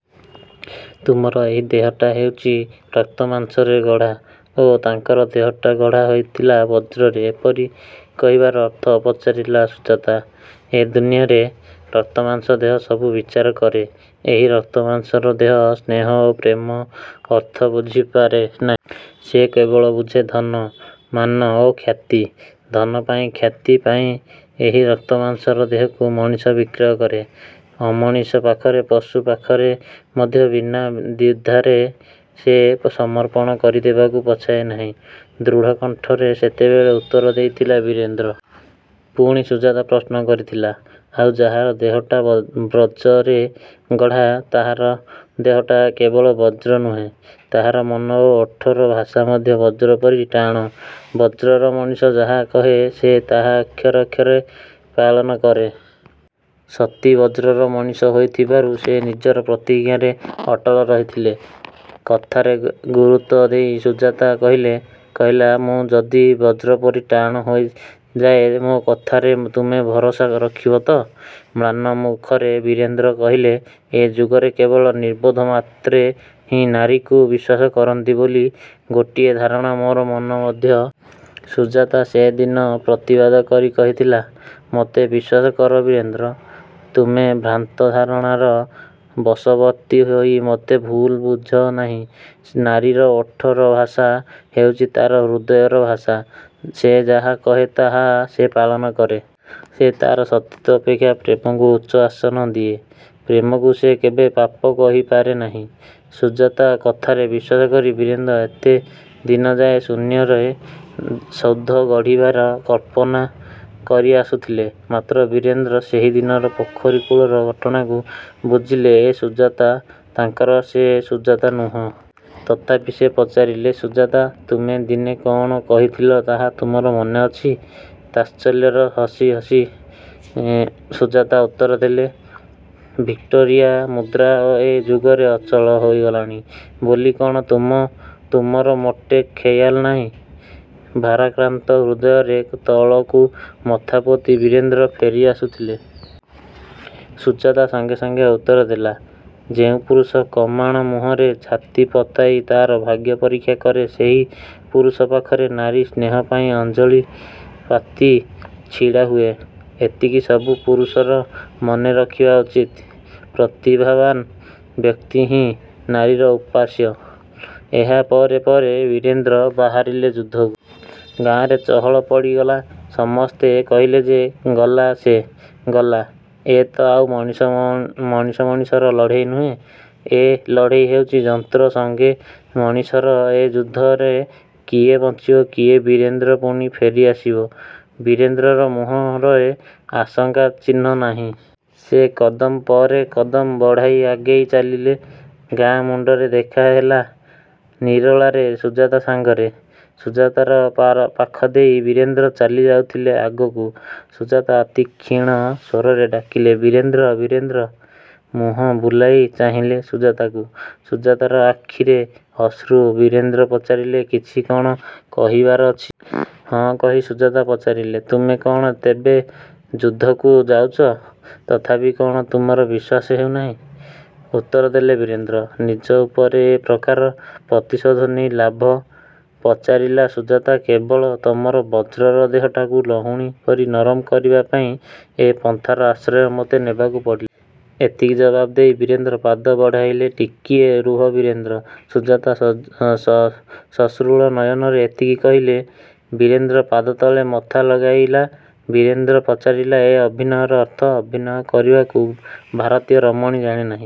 ତୁମର ଏହି ଦେହଟା ହେଉଛି ରକ୍ତମାଂସରେ ଗଢ଼ା ଓ ତାଙ୍କର ଦେହଟା ଗଢ଼ା ହୋଇଥିଲା ବଜ୍ରରେ। '' ଏପରି କହିବାର ଅର୍ଥ? ପଚାରିଲା ସୁଜାତା। ''ଏ ଦୁନିଆରେ ରକ୍ତମାଂସର ଦେହ ସବୁ ବିଚାର କରେ। ଏହି ରକ୍ତମାଂସର ଦେହ, ସ୍ନେହ ଓ ପ୍ରେମର ଅର୍ଥ ବୁଝିପାରେ ନାହିଁ। ସେ କେବଳ ବୁଝେ ଧନ, ମାନ ଓ ଖ୍ୟାତି। ଧନ ପାଇଁ, ଖ୍ୟାତି ପାଇଁ, ଏହି ରକ୍ତମାଂସର ଦେହକୁ ମଣିଷ ବିକ୍ରୟ କରେ ଅମଣିଷ ପାଖରେ। ପଶୁ ପାଖରେ ମଧ୍ୟ ବିନା ଦ୍ୱିଧାରେ ସେ ସମର୍ପଣ କରିଦେବାକୁ ପଛାଏ ନାହିଁ। '' ଦୃଢ଼କଣ୍ଠରେ ସେତେବେଳେ ଉତ୍ତର ଦେଇଥିଲେ ବୀରେନ୍ଦ୍ର। ପୁଣି ସୁଜାତା ପ୍ରଶ୍ନ କରିଥିଲା, ''ଆଉ ଯାହାର ଦେହଟା ବ୍ରଜରେ ଗଢ଼ା? '' ''ତାହାର ଦେହଟା କେବଳ ବଜ୍ର ନୁହେଁ, ତାହାର ମନ ଓ ଓଠର ଭାଷା ମଧ୍ୟ ବଜ୍ର ପରି ଟାଣ। ବଜ୍ରର ମଣିଷ ଯାହା କହେ, ସେ ତାହା ଅକ୍ଷରେ ଅକ୍ଷରେ ପାଳନ କରେ। ସତୀ ବଜ୍ରର ମଣିଷ ହୋଇଥିବାରୁ ସେ ନିଜର ପ୍ରତିଜ୍ଞାରେ ଅଟଳ ରହିଥିଲେ। '' କଥାରେ ଗୁରୁତ୍ୱ ଦେଇ ସୁଜାତା କହିଲା, ''ମୁଁ ଯଦି ବଜ୍ରପରି ଟାଣ ହୋଇଯାଏ, ମୋ କଥାରେ ତୁମେ ଭରସା ରଖିବ ତ? '' ମ୍ଳାନ ମୁଖରେ ବୀରେନ୍ଦ୍ର କହିଲେ, ''ଏ ଯୁଗରେ କେବଳ ନିର୍ବୋଧ ମାତ୍ରେ ହିଁ ନାରୀକୁ ବିଶ୍ୱାସ କରନ୍ତି ବୋଲି ଗୋଟିଏ ଧାରଣା ମୋର ମନ ମଧ୍ୟରେ ଜାଗ୍ରତ ହେଉଛି ସୁଜାତା। '' ସୁଜାତା ସେ ଦିନ ପ୍ରତିବାଦ କରି କହିଥିଲା, ''ମୋତେ ବିଶ୍ୱାସ କର ବୀରେନ୍ଦ୍ର! ତୁମେ ଭ୍ରାନ୍ତ ଧାରଣାର ବଶବର୍ତ୍ତୀ ହୋଇ ମୋତେ ଭୁଲ ବୁଝନାହିଁ। ନାରୀର ଓଠର ଭାଷା ହେଉଛି ତା'ର ହୃଦୟର ଭାଷା।। ସେ ଯାହା କହେ ତାହା ସେ ପାଳନ କରେ। ସେ ତା'ର ସତୀତ୍ୱ ଅପେକ୍ଷା ପ୍ରେମକୁ ଉଚ୍ଚ ଆସନ ଦିଏ। ପ୍ରେମକୁ ସେ କେବେ ପାପ କହିପାରେ ନାହିଁ। '' ସୁଜାତା କଥାରେ ବିଶ୍ୱାସ କରି ବୀରେନ୍ଦ୍ର ଏତେ ଦିନଯାଏ ଶୂନ୍ୟରେ ସୌଧ ଗଢ଼ିବାର କଳ୍ପନା କରିଆସୁଥିଲେ। ମାତ୍ର ବୀରେନ୍ଦ୍ର ସେହିଦିନର ପୋଖରୀ କୂଳର ଘଟଣାରୁ ବୁଝିଲେ ଏ ସୁଜାତା ତାଙ୍କର ସେ ସୁଜାତା ନୁହେଁ। ତଥାପି ସେ ପଚାରିଲେ ''ସୁଜାତା! ତୁମେ ଦିନେ କ'ଣ କହିଥିଲ ତାହା ତୁମର ମନେଅଛି? '' ତାଚ୍ଛଲ୍ୟର ହସି ହସି ସୁଜାତା ଉତ୍ତରଦେଲା, 'ଭିକ୍ଟୋରିଆ ମୁଦ୍ରା ଏ ଯୁଗରେ ଅଚଳ ହୋଇଗଲାଣି ବୋଲି କ'ଣ ତୁମର ମୋଟେ ଖେୟାଲ ନାହିଁ। ' ଭାରାକ୍ରାନ୍ତ ହୃଦୟରେ ତଳକୁ ମଥାପୋତି ବୀରେନ୍ଦ୍ର ଫେରିଆସୁଥିଲେ। ସୁଜାତା ସଙ୍ଗେ ସଙ୍ଗେ ଉତ୍ତରଦେଲା, ''ଯେଉଁ ପୁରୁଷ କମାଣ ମୁହଁରେ ଛାତି ପତାଇ ତା'ର ଭାଗ୍ୟ ପରୀକ୍ଷା କରେ ସେହି ପୁରୁଷ ପାଖରେ ନାରୀ ସ୍ନେହ ପାଇଁ ଅଞ୍ଜଳି ପାତି ଛିଡ଼ାହୁଏ। ଏତିକି ସବୁ ପୁରୁଷର ମନେରଖିବା ଉଚିତ। ପ୍ରତିଭାବାନ୍ ବ୍ୟକ୍ତିହିଁ ନାରୀର ଉପାସ୍ୟ। '' ଏହା ପରେ ପରେ ବୀରେନ୍ଦ୍ର ବାହାରିଲେ ଯୁଦ୍ଧକୁ। ଗାଁରେ ଚହଳ ପଡ଼ିଗଲା। ସମସ୍ତେ କହିଲେ ଯେ ଗଲା ସେ ଗଲା। ଏ ତ ଆଉ ମଣିଷ ମଣିଷର ଲଢ଼େଇ ନୁହେଁ। ଏ ଲଢ଼େଇ ହେଉଛି ଯନ୍ତ୍ର ସଙ୍ଗେ ମଣିଷର। ଏ ଯୁଦ୍ଧରେ କିଏ ବଞ୍ଚିବ ଯେ ବୀରେନ୍ଦ୍ର ପୁଣି ଫେରିଆସିବ? ବୀରେନ୍ଦ୍ରର ମୁହଁରେ ଆଶଙ୍କାର ଚିହ୍ନ ନାହିଁ। ସେ କଦମ ପରେ କଦମ ବଢ଼ାଇ ଆଗେଇ ଚାଲିଲେ। ଗାଁ ମୁଣ୍ଡରେ ଦେଖାହେଲା ନିରୋଳାରେ ସୁଜାତା ସଙ୍ଗରେ। ସୁଜାତାର ପାଖଦେଇ ବୀରେନ୍ଦ୍ର ଚାଲିଯାଉଥିଲେ ଆଗକୁ। ସୁଜାତା ଅତିକ୍ଷୀଣ ସ୍ୱରରେ ଡାକିଲା ''ବୀରେନ୍ଦ୍ର! '' ବୀରେନ୍ଦ୍ର ମୁହଁ ବୁଲାଇ ଚାହିଁଲେ ସୁଜାତାକୁ। ସୁଜାତାର ଆଖିରେ ଅଶ୍ରୁ। ବୀରେନ୍ଦ୍ର ପଚାରିଲେ, ''କିଛି କ'ଣ କହିବାର ଅଛି? '' 'ହଁ' କହି ସୁଜାତା ପଚାରିଲା, ''ତୁମେ କ'ଣ ତେବେ ଯୁଦ୍ଧକୁ ଯାଉଛ? '' ''ତଥାପି କ'ଣ ତୁମର ବିଶ୍ୱାସ ହେଉନାହିଁ? '' ଉତ୍ତରଦେଲେ ବୀରେନ୍ଦ୍ର। ''ନିଜ ଉପରେ ଏ ପ୍ରକାର ପ୍ରତିଶୋଧ ନେଇ ଲାଭ? '' ପଚାରିଲା ସୁଜାତା। ''କେବଳ ତମର ବଜ୍ରର ଦେହଟାକୁ ଲହୁଣୀ ପରି ନରମ କରିବା ପାଇଁ ଏ ପନ୍ଥାର ଆଶ୍ରୟ ମୋତେ ନେବାକୁ ପଡ଼ିଲା। '' ଏତିକି ଜବାବ୍ ଦେଇ ବୀରେନ୍ଦ୍ର ପାଦ ବଢ଼ାଇଲେ। ''ଟିକିଏ ରୁହ ବୀରେନ୍ଦ୍ର! '' ସୁଜାତା ସଶ୍ରୁଳ ନୟନରେ ଏତିକି କହି ବୀରେନ୍ଦ୍ରର ପାଦତଳେ ମଥା ଲଗାଇଲା। ବୀରେନ୍ଦ୍ର ପଚାରିଲେ, ''ଏ ଅଭିନୟର ଅର୍ଥ? ଅଭିନୟ କରିବାକୁ ଭାରତୀୟ ରମଣୀ ଜାଣେନାହିଁ।